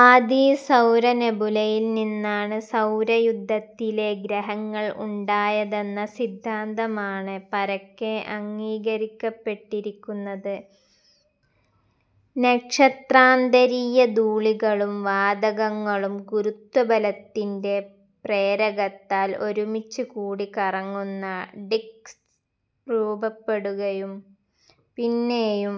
ആദി സൗരനെബുലയിൽ നിന്നാണ് സൗരയൂഥത്തിലെ ഗ്രഹങ്ങൾ ഉണ്ടായതെന്ന സിദ്ധാന്തമാണ് പരക്കെ അംഗീകരിക്കപ്പെട്ടിരിക്കുന്നത്: നക്ഷത്രാന്തരീയ ധൂളികളും വാതകങ്ങളും ഗുരുത്വബലത്തിന്റെ പ്രേരകത്താൽ ഒരുമിച്ച് കൂടി കറങ്ങുന്ന ഡിക്സ് രൂപപ്പെടുകയും പിന്നേയും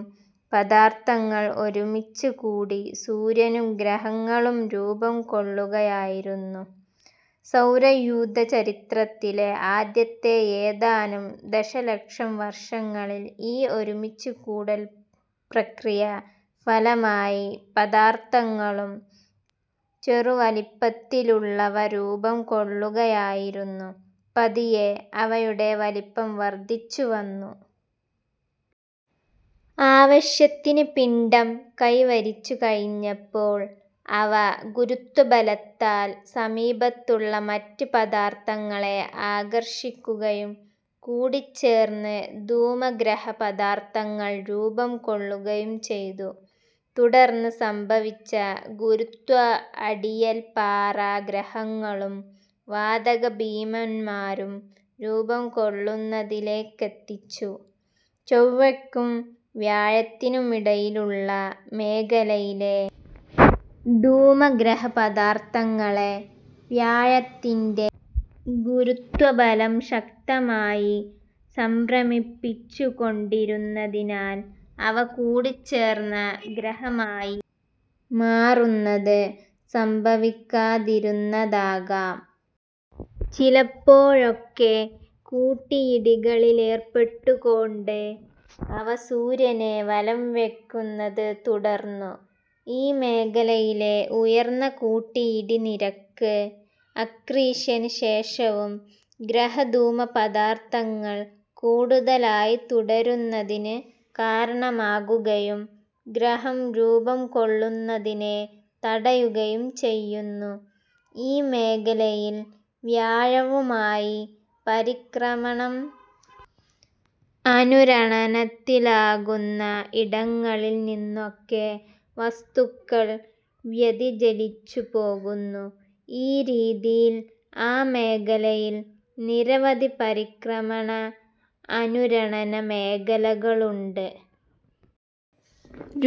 പദാർത്ഥങ്ങൾ ഒരുമിച്ച് കൂടി സൂര്യനും ഗ്രഹങ്ങളും രൂപം കൊള്ളുകയായിരുന്നു. സൗരയൂഥ ചരിത്രത്തിലെ ആദ്യത്തെ ഏതാനും ദശലക്ഷം വർഷങ്ങളിൽ ഈ ഒരുമിച്ച് കൂടൽ പ്രക്രിയ ഫലമായി പദാർത്ഥങ്ങളുടെ ചെറുവലിപ്പത്തുലുള്ളവ രൂപം കൊള്ളുകയായിരുന്നു, പതിയെ അവയുടെ വലിപ്പം വർദ്ധിച്ചു വന്നു. ആവശ്യത്തിന് പിണ്ഡം കൈവരിച്ചു കഴിഞ്ഞപ്പോൾ അവ ഗുരുത്വബലത്താൽ സമീപത്തുള്ള മറ്റ് പദാർത്ഥങ്ങളെ ആകർഷിക്കുകയും കൂടിച്ചേർന്ന് ധൂമഗ്രഹപദാർത്ഥങ്ങൾ രൂപം കൊള്ളുകയും ചെയ്തു. തുടർന്ന് സംഭവിച്ച ഗുരുത്വ അടിയൽ പാറ ഗ്രഹങ്ങളും വാതക ഭീമന്മാരും രൂപം കൊള്ളുന്നതിലേക്കെത്തിച്ചു. ചൊവ്വയ്ക്കും വ്യാഴത്തിനുമിടയിലുള്ള മേഖലയിലെ ധൂമഗ്രഹപദാർത്ഥങ്ങളെ വ്യാഴത്തിന്റെ ഗുരുത്വബലം ശക്തമായി സംഭ്രമിപ്പിച്ചുക്കൊണ്ടിരുന്നതിനാൽ അവ കൂടിച്ചേർന്ന ഗ്രഹമായി മാറുന്നത് സംഭവിക്കാതിരുന്നതാകാം. ചിലപ്പോഴൊക്കെ കൂട്ടിയിടികളിലേർപ്പെട്ടുകോണ്ട് അവ സൂര്യനെ വലംവയ്ക്കുന്നത് തുടർന്നു. ഈ മേഖലയിലെ ഉയർന്ന കൂട്ടിയിടി നിരക്ക് അക്രീഷന് ശേഷവും ഗ്രഹധൂമപദാർത്ഥങ്ങൾ കൂടുതലായി തുടരുന്നതിന് കാരണമാകുകയും ഗ്രഹം രൂപം കൊള്ളുന്നതിനെ തടയുകയും ചെയ്യുന്നു. ഈ മേഖലയിൽ വ്യാഴവുമായി പരിക്രമണം അനുരണനത്തിലാകുന്ന ഇടങ്ങളിൽ നിന്നൊക്കെ വസ്തുക്കൾ വ്യതിചലിച്ചു പോകുന്നു, ഈ രീതിയിൽ ആ മേഖലയിൽ നിരവധി പരിക്രമണ അനുരണന മേഖലകളുണ്ട്.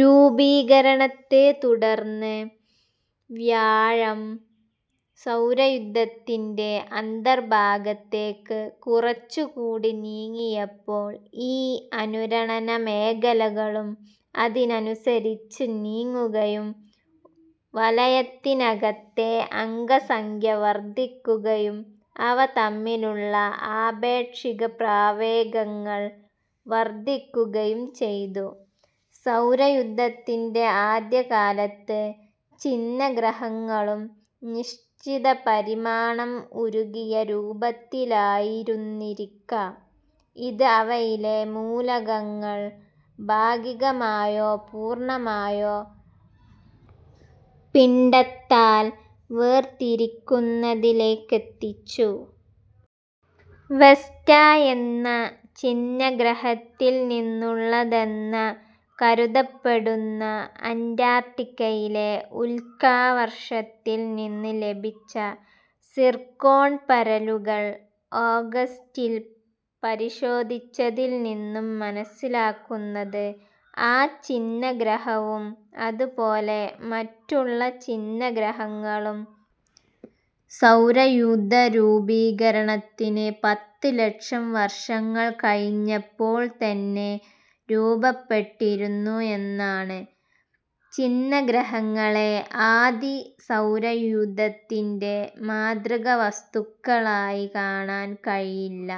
രൂപീകരണത്തെ തുടർന്ന് വ്യാഴം സൗരയൂഥത്തിന്റെ അന്തർഭാഗത്തേക്ക് കുറച്ച് കൂടി നീങ്ങിയപ്പോൾ ഈ അനുരണന മേഖലകളും അതിനനുസരിച്ച് നീങ്ങുകയും വലയത്തിനകത്തെ അംഗസംഖ്യ വർദ്ധിക്കുകയും അവ തമ്മിലുള്ള ആപേക്ഷിക പ്രാവേഗങ്ങൾ വർദ്ധിക്കുകയും ചെയ്തു. സൗരയൂഥത്തിന്റെ ആദ്യകാലത്ത് ഛിന്നഗ്രഹങ്ങളും നിശ്ചിതപരിമാണം ഉരുകിയ രൂപത്തിലായിരുന്നിരിക്കാം, ഇത് അവയിലെ മൂലകങ്ങൾ ഭാഗികമായോ പൂർണ്ണമായോ പിണ്ഡത്താൽ വേർതിരിക്കുന്നതിലേക്കെത്തിച്ചു. വെസ്റ്റ എന്ന ഛിന്നഗ്രഹത്തിൽ നിന്നുള്ളതെന്ന കരുതപ്പെടുന്ന, അന്റാർട്ടിക്കയിലെ ഉൽക്കാവർഷത്തിൽ നിന്ന് ലഭിച്ച സിർക്കോൺ പരലുകൾ ഓഗസ്റ്റിൽ പരിശോധിച്ചതിൽ നിന്നും മനസ്സിലാകുന്നത് ആ ഛിന്നഗ്രഹവും അതുപോലെ മറ്റുള്ള ഛിന്നഗ്രഹങ്ങളും സൗരയൂഥരൂപീകരണത്തിന് പത്ത് ലക്ഷം വർഷങ്ങൾ കഴിഞ്ഞപ്പോൾ തന്നെ രൂപപ്പെട്ടിരുന്നു എന്നാണ്. ഛിന്നഗ്രഹങ്ങളെ ആദി സൗരയൂഥത്തിന്റെ മാതൃക വസ്തുക്കളായി കാണാൻ കഴിയില്ല.